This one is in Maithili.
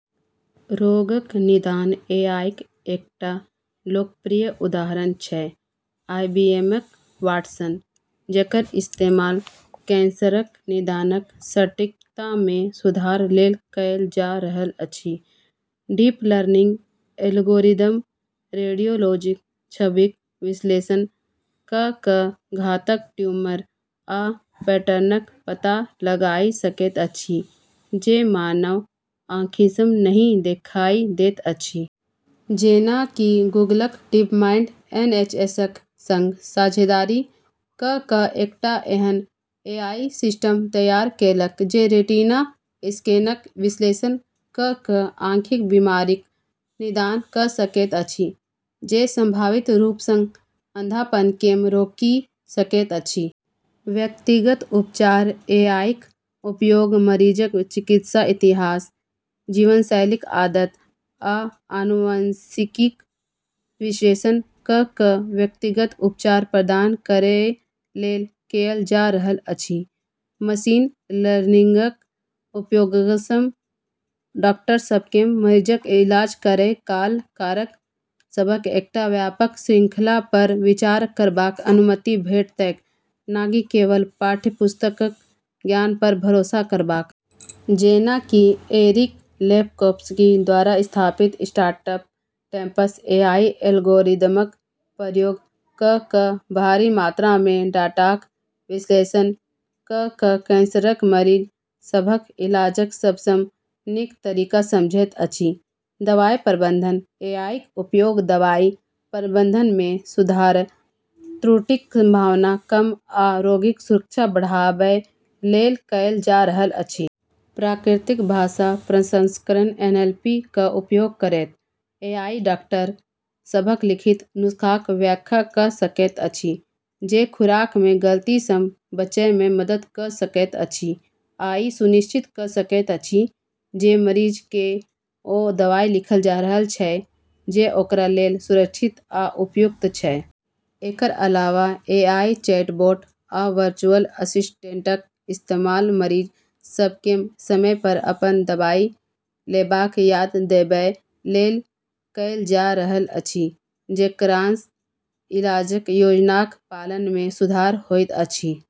रोगक निदान एआईक एकटा लोकप्रिय उदाहरण छै आईबीएमक वाटसन, जेकर इस्तेमाल कैंसरक निदानक सटीकतामे सुधार लेल कएल जा रहल अछि। डीप लर्निंग एल्गोरिदम रेडियोलॉजीक छबिक विश्लेषण कऽ कऽ घातक ट्यूमर आ पैटर्नक पता लगाइ सकैत अछि जे मानव आँखिसँ नहि देखाइ दैत अछि। जेना कि गूगलक डीपमाइंड एनएचएसक संग साझेदारी कऽ कऽ एकटा एहन एआई सिस्टम तैयार केलक जे रेटिना स्कैनक विश्लेषण कऽ कऽ आँखिक बीमारीक निदान कऽ सकैत अछि, जे सम्भावित रूपसँ अंधापनकेँ रोकि सकैत अछि। व्यक्तिगत उपचार एआईक उपयोग मरीजक चिकित्सा इतिहास, जीवनशैलीक आदत, आ आनुवंशिकीक विश्लेषण कऽ कऽ व्यक्तिगत उपचार प्रदान करै लेल कएल जा रहल अछि। मशीन लर्निंगक उपयोगसँ डाक्टर सभकेँ मरीजक इलाज करै काल कारक सभक एकटा व्यापक श्रृंखलापर विचार करबाक अनुमति भेटतैक, न कि केवल पाठ्यपुस्तकक ज्ञानपर भरोसा करबाक। जेना कि एरिक लेफकोफ्स्की द्वारा स्थापित स्टार्टअप टेम्पस एआई एल्गोरिदमक प्रयोग कऽ कऽ भारी मात्रामे डाटाक विश्लेषण कऽ कऽ कैंसरक मरीज सभक इलाजक सबसँ नीक तरीका समझैत अछि। दवाइ प्रबंधन एआईक उपयोग दवाइ प्रबंधनमे सुधार, त्रुटिक संभावना कम आ रोगीक सुरक्षा बढ़ाबै लेल कएल जा रहल अछि। प्राकृतिक भाषा प्रसंस्करण एनएलपी क उपयोग करैत, एआई डाक्टर सभक लिखित नुस्खाक व्याख्या कऽ सकैत अछि, जे खुराकमे गलतीसँ बचैमे मदद कऽ सकैत अछि आ ई सुनिश्चित कऽ सकैत अछि जे मरीजकेँ ओ दवाइ लिखल जा रहल छै जे ओकरा लेल सुरक्षित आ उपयुक्त छै। एकर अलावा एआई चैटबॉट आ वर्चुअल असिस्टेंटक इस्तेमाल मरीज सभकेँ समयपर अपन दवाइ लेबाक याद देबै लेल कएल जा रहल अछि, जेकरासँ इलाजक योजनाक पालनमे सुधार होइत अछि।